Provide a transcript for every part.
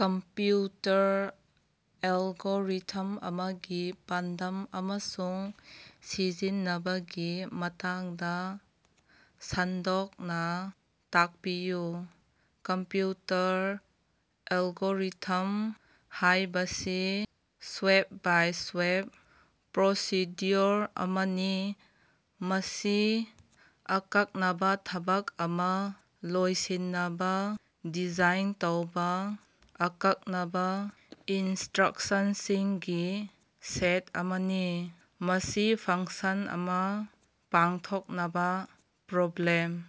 Computer algorithm ꯑꯃꯒꯤ ꯄꯥꯟꯗꯝ ꯑꯃꯁꯨꯡ ꯁꯤꯖꯤꯟꯅꯕꯒꯤ ꯃꯇꯥꯡꯗ ꯁꯟꯗꯣꯛꯅꯥ ꯇꯥꯛꯄꯤꯌꯨ꯫ ꯀꯝꯄꯌꯨꯇꯔ ꯑꯦꯜꯒꯣꯔꯤꯊꯝ ꯍꯥꯏꯕꯁꯤ ꯁ꯭ꯇꯦꯞ ꯕꯥꯏ ꯁ꯭ꯇꯦꯞ ꯄ꯭ꯔꯣꯁꯤꯗ꯭ꯌꯨꯑꯣꯔ ꯑꯃꯅꯤ, ꯃꯁꯤ ꯑꯀꯛꯅꯕꯥ ꯊꯕꯛ ꯑꯃꯥ ꯂꯣꯏꯁꯤꯟꯅꯕꯥ ꯗꯤꯖꯥꯏꯟ ꯇꯧꯕꯥ ꯑꯀꯛꯅꯕꯥ ꯏꯅꯁ꯭ꯇꯔꯛꯁꯟꯁꯤꯡꯒꯤ ꯁꯦꯠ ꯑꯃꯅꯤ꯫ ꯃꯁꯤ ꯐꯪꯁꯟ ꯑꯃꯥ ꯄꯥꯡꯊꯣꯛꯅꯕꯥ, ꯄ꯭ꯔꯣꯕ꯭ꯂꯦꯝ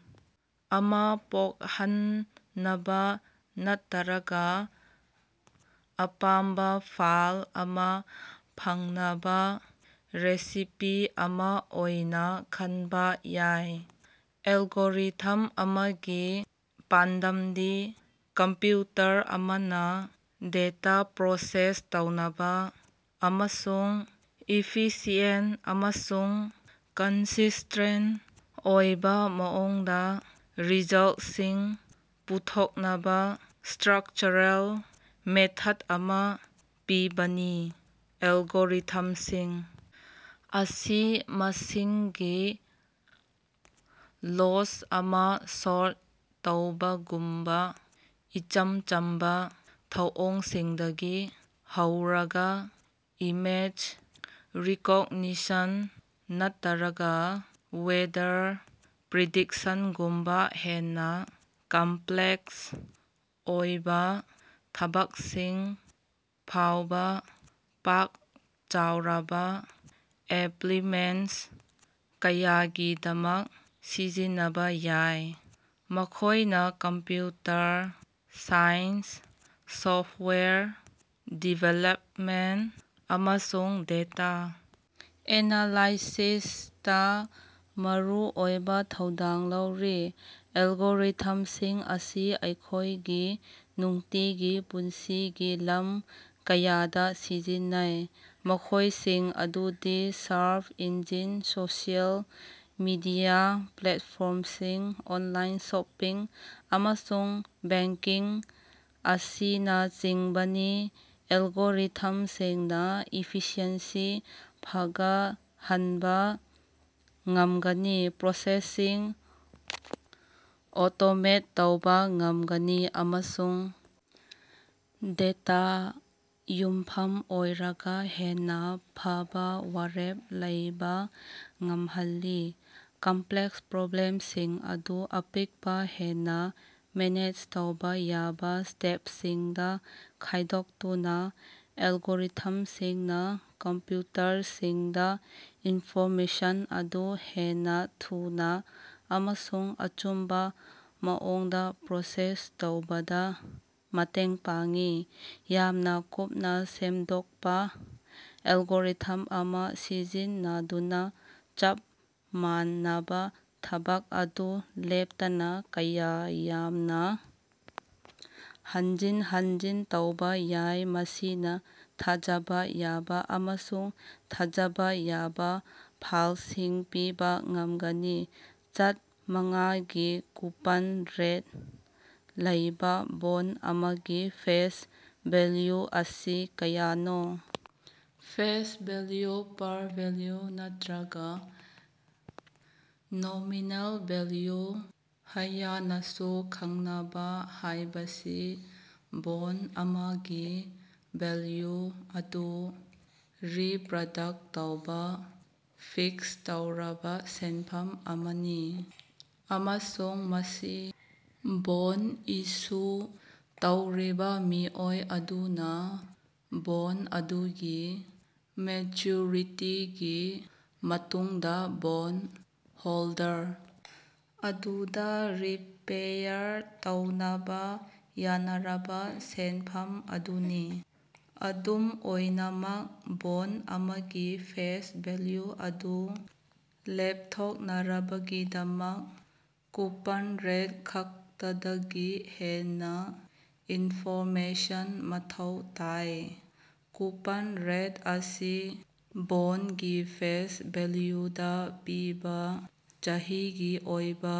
ꯑꯃꯥ ꯀꯣꯛꯍꯟꯅꯕꯥ ꯅꯠꯇꯔꯒꯥ ꯑꯄꯥꯝꯕꯥ ꯐꯜ ꯑꯃꯥ ꯐꯪꯅꯕꯥ ꯔꯦꯁꯤꯄꯤ ꯑꯃꯥ ꯑꯣꯏꯅꯥ ꯈꯟꯕ ꯌꯥꯏ꯫ ꯑꯦꯜꯒꯣꯔꯤꯊꯝ ꯑꯃꯒꯤ ꯄꯥꯟꯗꯝꯗꯤ ꯀꯝꯄꯌꯨꯇꯔ ꯑꯃꯅ ꯗꯦꯇꯥ ꯄ꯭ꯔꯣꯁꯦꯁ ꯇꯧꯅꯕ ꯑꯃꯁꯨꯡ ꯏꯐꯤꯁꯤꯑꯦꯟꯠ ꯑꯃꯁꯨꯡ ꯀꯟꯁꯤꯁ꯭ꯇꯦꯟꯠ ꯑꯣꯏꯕ ꯃꯑꯣꯡꯗ ꯔꯤꯖꯜꯠꯁꯤꯡ ꯄꯨꯊꯣꯛꯅꯕꯥ ꯁ꯭ꯇꯔꯛꯆꯔꯦꯜ ꯃꯦꯊꯗ ꯑꯃꯥ ꯄꯤꯕꯅꯤ꯫ ꯑꯦꯜꯒꯣꯔꯤꯊꯝꯁꯤꯡ ꯑꯁꯤ ꯃꯁꯤꯡꯒꯤ ꯂꯣꯁ ꯑꯃꯥ ꯁꯣꯔꯠ ꯇꯧꯕꯒꯨꯝꯕ ꯏꯆꯝ ꯆꯝꯕꯥ ꯊꯧꯑꯣꯡꯁꯤꯡꯗꯒꯤ ꯍꯧꯔꯒ ꯏꯃꯦꯖ ꯔꯤꯀꯣꯒꯅꯤꯁꯟ ꯅꯠꯇꯔꯒ ꯋꯦꯗꯔ ꯄ꯭ꯔꯤꯗꯤꯛꯁꯟꯒꯨꯝꯕꯥ ꯍꯦꯟꯅꯥ ꯀꯝꯄꯂꯦꯛꯁ ꯑꯣꯏꯕꯥ ꯊꯕꯛꯁꯤꯡ ꯐꯥꯎꯕꯥ ꯄꯥꯛ ꯆꯥꯎꯔꯕ ꯑꯦꯄꯂꯤꯀꯦꯁꯟ ꯀꯌꯥꯒꯤꯗꯃꯛ ꯁꯤꯖꯤꯟꯅꯕꯥ ꯌꯥꯏ꯫ ꯃꯈꯣꯏꯅ ꯀꯝꯄꯌꯨꯇꯔ ꯁꯥꯏꯟꯁ, ꯁꯣꯐꯋꯦꯌꯔ ꯗꯤꯕꯦꯂꯞꯃꯦꯟꯇ, ꯑꯃꯁꯨꯡ ꯗꯦꯇꯥ ꯑꯦꯅꯥꯂꯥꯏꯁꯤꯁꯇꯥ ꯃꯔꯨꯑꯣꯏꯕꯥ ꯊꯧꯗꯥꯡ ꯂꯧꯔꯤ꯫ ꯑꯦꯜꯒꯣꯔꯤꯊꯝꯁꯤꯡ ꯑꯁꯤ ꯑꯩꯈꯣꯏꯒꯤ ꯅꯨꯡꯇꯤꯒꯤ ꯄꯨꯟꯁꯤꯒꯤ ꯂꯝ ꯀꯌꯥꯗꯥ ꯁꯤꯖꯤꯟꯅꯩ, ꯃꯈꯣꯏꯁꯤꯡ ꯑꯗꯨꯗꯤ ꯁꯔꯆ ꯏꯟꯖꯤꯟ, ꯁꯣꯁꯤꯑꯦꯜ ꯃꯤꯗꯤꯌꯥ ꯄ꯭ꯂꯦꯠꯐꯣꯝꯁꯤꯡ, ꯑꯣꯟꯂꯥꯏꯟ ꯁꯣꯄꯤꯡ, ꯑꯃꯁꯨꯡ ꯕꯦꯡꯀꯤꯡ ꯑꯁꯤꯅꯆꯤꯡꯕꯅꯤ꯫ ꯑꯦꯜꯒꯣꯔꯤꯊꯝꯁꯤꯡꯅꯥ ꯏꯐꯤꯁꯤꯑꯦꯟꯁꯤ ꯐꯒꯠꯍꯟꯕꯥ ꯉꯝꯒꯅꯤ, ꯄ꯭ꯔꯣꯁꯦꯁꯁꯤꯡ ꯑꯣꯇꯣꯃꯦꯠ ꯇꯧꯕꯥ ꯉꯝꯒꯅꯤ ꯑꯃꯁꯨꯡ ꯗꯦꯇꯥ ꯌꯨꯝꯐꯝ ꯑꯣꯏꯔꯒꯥ ꯍꯦꯟꯅꯥ ꯐꯕꯥ ꯋꯥꯔꯦꯞ ꯂꯧꯕꯥ ꯉꯝꯍꯜꯂꯤ꯫ ꯀꯝꯄꯂꯦꯛꯁ ꯄ꯭ꯔꯣꯕ꯭ꯂꯦꯝꯁꯤꯡ ꯑꯗꯨ ꯑꯄꯤꯛꯄꯥ, ꯍꯦꯟꯅ ꯃꯦꯅꯦꯖ ꯇꯧꯕꯥ ꯌꯥꯕꯥ ꯁ꯭ꯇꯦꯞꯁꯤꯡꯗꯥ ꯈꯥꯏꯗꯣꯛꯇꯨꯅ, ꯑꯦꯜꯒꯣꯔꯤꯊꯝꯁꯤꯡꯅꯥ ꯀꯝꯄꯌꯨꯇꯔꯁꯤꯡꯗꯥ ꯏꯟꯐꯣꯔꯃꯦꯁꯟ ꯑꯗꯨ ꯍꯦꯟꯅꯥ ꯊꯨꯅꯥ ꯑꯃꯁꯨꯡ ꯑꯆꯨꯝꯕꯥ ꯃꯑꯣꯡꯗꯥ ꯄ꯭ꯔꯣꯁꯦꯁ ꯇꯧꯕꯗ ꯃꯇꯦꯡ ꯄꯥꯡꯏ꯫ ꯌꯥꯝꯅꯥ ꯀꯨꯞꯅꯥ ꯁꯦꯝꯗꯣꯛꯄꯥ ꯑꯦꯜꯒꯣꯔꯤꯊꯝ ꯑꯃꯥ ꯁꯤꯖꯤꯟꯅꯗꯨꯅꯥ, ꯆꯞ ꯃꯥꯟꯅꯕꯥ ꯊꯕꯛ ꯑꯗꯨ ꯂꯦꯞꯇꯅꯥ ꯀꯌꯥ ꯌꯥꯝꯅꯥ ꯍꯟꯖꯤꯟ ꯍꯟꯖꯤꯟ ꯇꯧꯕꯥ ꯌꯥꯏ, ꯃꯁꯤꯅꯥ ꯊꯥꯖꯕꯥ ꯌꯥꯕꯥ ꯑꯃꯁꯨꯡ ꯊꯥꯖꯕꯥ ꯌꯥꯕꯥ ꯐꯂꯁꯤꯡ ꯄꯤꯕꯥ ꯉꯝꯒꯅꯤ꯫ ꯆꯥꯗ ꯃꯉꯥꯒꯤ ꯀꯨꯄꯟ ꯔꯦꯠ ꯂꯩꯕꯥ ꯕꯣꯟꯗ ꯑꯃꯒꯤ ꯐꯦꯁ ꯚꯦꯜꯌꯨ ꯑꯁꯤ ꯀꯌꯥꯅꯣ? ꯐꯦꯁ ꯚꯦꯜꯌꯨ ꯄꯥꯔ ꯚꯦꯜꯌꯨ ꯅꯠꯇꯔꯒ ꯅꯣꯃꯤꯅꯦꯜ ꯚꯦꯜꯌꯨ ꯍꯥꯌꯅꯥꯁꯨ ꯈꯪꯅꯕꯥ ꯍꯥꯏꯕꯁꯤ ꯕꯣꯟ ꯑꯃꯒꯤ ꯚꯦꯜꯌꯨ ꯑꯗꯨ ꯔꯤꯄꯔꯗꯛꯇ ꯇꯧꯕꯥ ꯐꯤꯛꯁ ꯇꯧꯔꯕꯥ ꯁꯦꯟꯐꯝ ꯑꯃꯅꯤ, ꯑꯃꯁꯨꯡ ꯃꯁꯤ ꯕꯣꯟ ꯏꯁꯨ ꯇꯧꯔꯤꯕꯥ ꯃꯤꯑꯣꯏ ꯑꯗꯨꯅꯥ ꯕꯣꯟ ꯑꯗꯨꯒꯤ ꯃꯦꯆ꯭ꯌꯨꯔꯤꯇꯤꯒꯤ ꯃꯇꯨꯡꯗꯥ ꯕꯣꯟ ꯍꯣꯜꯗꯔ ꯑꯗꯨꯗꯥ ꯔꯤꯄꯦꯌꯥꯔ ꯇꯧꯅꯕꯥ ꯌꯥꯅꯔꯕꯥ ꯁꯦꯟꯐꯝ ꯑꯗꯨꯅꯤ꯫ ꯑꯗꯨꯝ ꯑꯣꯏꯅꯃꯛ, ꯕꯣꯟ ꯑꯃꯒꯤ ꯐꯦꯁ ꯚꯦꯜꯌꯨ ꯑꯗꯨ ꯂꯦꯞꯊꯣꯛꯅꯕꯒꯤꯗꯃꯛ, ꯀꯨꯄꯟ ꯔꯦꯠ ꯈꯛꯇꯗꯒꯤ ꯍꯦꯟꯅꯥ ꯏꯟꯐꯣꯔꯃꯦꯁꯟ ꯃꯊꯧ ꯇꯥꯏ꯫ ꯀꯨꯄꯟ ꯔꯦꯠ ꯑꯁꯤ ꯕꯣꯟꯒꯤ ꯐꯦꯁ ꯚꯦꯜꯌꯨꯗꯥ ꯄꯤꯕꯥ ꯆꯍꯤꯒꯤ ꯑꯣꯏꯕꯥ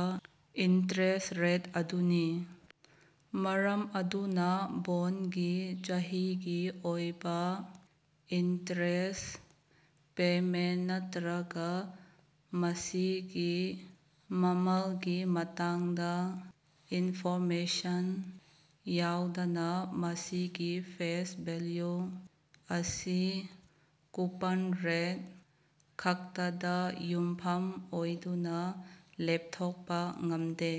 ꯏꯟꯇꯔꯦꯁ꯭ꯠ ꯔꯦꯠ ꯑꯗꯨꯅꯤ꯫ ꯃꯔꯝ ꯑꯗꯨꯅꯥ, ꯕꯣꯟꯒꯤ ꯆꯍꯤꯒꯤ ꯑꯣꯏꯕꯥ ꯏꯟꯇꯔꯦꯁ꯭ꯠ ꯄꯦꯃꯦꯟꯇ ꯅꯠꯇꯔꯒꯥ ꯃꯁꯤꯒꯤ ꯃꯃꯜꯒꯤ ꯃꯇꯥꯡꯗ ꯏꯟꯐꯣꯔꯃꯦꯁꯟ ꯌꯥꯎꯗꯅꯥ, ꯃꯁꯤꯒꯤ ꯐꯦꯁ ꯚꯦꯜꯌꯨ ꯑꯁꯤ ꯀꯨꯄꯟ ꯔꯦꯠ ꯈꯛꯇꯗꯥ ꯌꯨꯝꯐꯝ ꯑꯣꯏꯗꯨꯅꯥ ꯂꯦꯞꯊꯣꯛꯄꯥ ꯉꯝꯗꯦ꯫